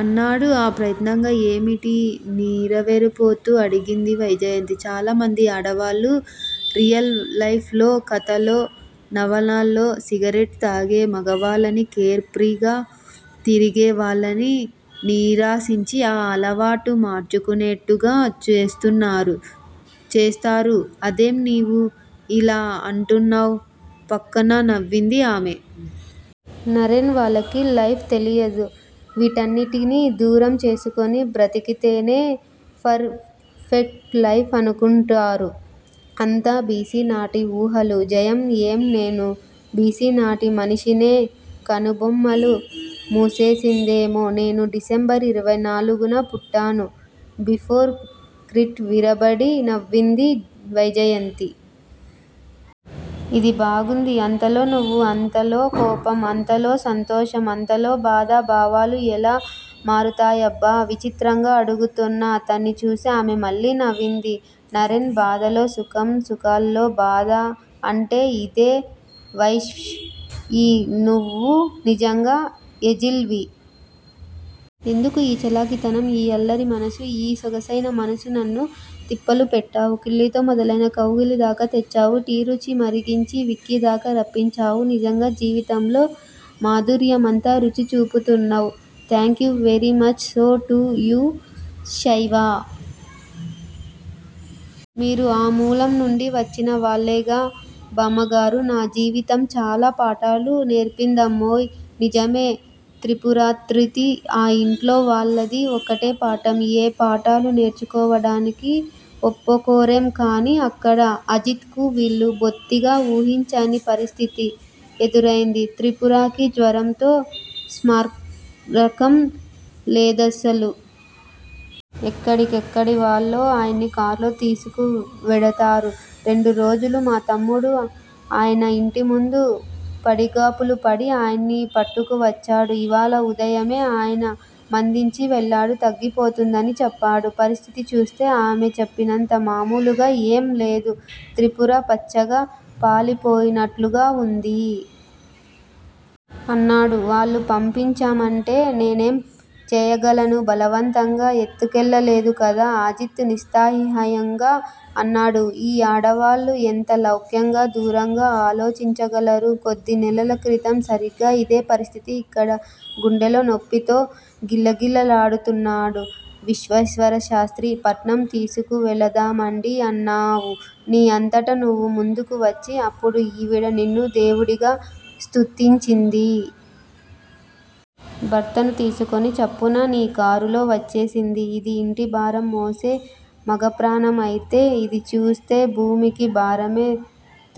అన్నాడు ఆ ప్రయత్నంగా. ఏమిటి? నివేరపోతూ అడిగింది వైజయంతి. చాలా మంది ఆడవాళ్ళు రియల్ లైఫ్ లో, కధలో, నవలల్లో సిగరెట్ తాగే మొగాళ్ళని, కేర్ ఫ్రీగా తిరిగే వాళ్లని నిరసించి ఆ అలవాటు మార్చుకునేట్టుగా చేస్తారు అదేం. నీవు యిలా అంటున్నావ్ ఫక్కున నవ్వింది ఆమె. నరేన్! వాళ్లకి లైఫ్ తెలియదు. వీటన్నిటిని దూరం చేసుకొని బ్రతికితేనే పర్ ఫెక్ట్ లైఫ్ అనుకుంటారు. అంతా బి. సి. నాటి ఉహాలు! జయా! ఏం? నేనూ బి. సి నాటి మనిషినే?! కనుబొమ్మలు ముసెసిందేమో. నేను డిసెంబరు ఇరవై నాలుగు న పుట్టాను. బిఫోర్ క్రిట్ విరబడి నవ్వింది వైజయంతి. యిది బావుంది. అంతలో నవ్వు, అంతలో కోపం! అంతలో సంతోషం అంతలో బాధ భావాలు ఎలా మరతాయబ్బా? చిత్రంగా అడుగుతోన్న అతన్ని చూసి ఆమె మళ్ళీ నవ్వింది. నరేన్! బాధలో సుఖం, సుఖంలో బాధ అంటే యిదే! శైవ్! ఊ నువు నిజంగా ఏంజిల్ వి? ఎందుకు? ఈ చలాకితనం, ఈ అల్లరి మనసు, ఈ సొగసైన మనసు నన్ను తిప్పలు పెట్టాయి. కిళ్ళితో మొదలై కౌగిలి దాకా తెచ్చావు. టీ రుచి మరిగించి విక్కి దాకా రప్పించావు, నిజంగా జీవితంలో మాధుర్యం అంతా రుచి చూపుతున్నావు. Thank you very much! So! To you- శైవా! మీరూ ఆ మూలం నుండి వచ్చిన వాళ్ళేగా, బామ్మగారూ? నా జీవితం చాలా పాఠాలు నేర్పిందమ్మోయ్! నిజమే! త్రిపురత్తది, ఆ ఇంట్లో వాళ్ళది ఒకటే పాఠం. ఏ పాఠాలు నేర్చుకోవడానికి ఒప్పకోరేం. కానీ, అక్కడ అజిత్ కు వీళ్ళు బొత్తిగా ఊహించని పరిస్ధితి ఎదుర్తెంది. త్రిపురకి జ్వరంతో స్మారకం లేదసలు! ఎక్కడెక్కడి వాళ్ళో ఆయన్ని కారులో తిసుకువెడతారు. రెండు రోజులు మా తమ్ముడు ఆయన ఇంటిముందు పడిగాపులుపడి ఆయన్ని పట్టుకు వచ్చాడు. ఇవాళ ఉదయమే ఆయన మందిచ్చి వెళ్ళాడు. తగ్గిపోతుందని చెప్పాడు. పరిస్ధితి చూస్తే ఆమె చెప్పినంత మామూలుగా ఏం లేదు. త్రిపుర పచ్చగా పాలిపోయినట్టుగా ఉంది. అన్నాడు. వాళ్ళు పంపించమంటే నేనేం చేయగలను? బలవంతగా ఎత్తుకెళ్ళలేదు కదా? అజిత్ నిస్సహాయింగా అన్నాడు. ఈ ఆడవాళ్ళు ఎంత లౌక్యంగా, దూరంగా ఆలోచించగలరు! కొద్ది నెలల క్రితం సరిగా ఇదే పరిస్ధితి ఇక్కడ. గుండెలో నొప్పితో గిలగిల్లాడుతున్నాడు విశ్వేశ్వరశాస్త్రి! పట్నం తీసుకువెడదామండి అన్నావు ని అంతట నువ్వు ముందుకు వచ్చి, అప్పుడు ఈవిడ నిన్ను దేవుడిగా స్తుతించింది. భర్తను తీసుకొని చప్పన ని కారులో వచ్చేసింది. అది ఇంటిభారం మోసే మగప్రాణం అయితే, ఇదిచస్తే భూమికి భారమే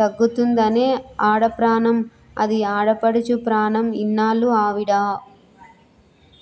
తగ్గుతుందనే ఆడప్రాణం! అది ఆడపడుచు ప్రాణం! ఇన్నాళ్ళు ఆవిడ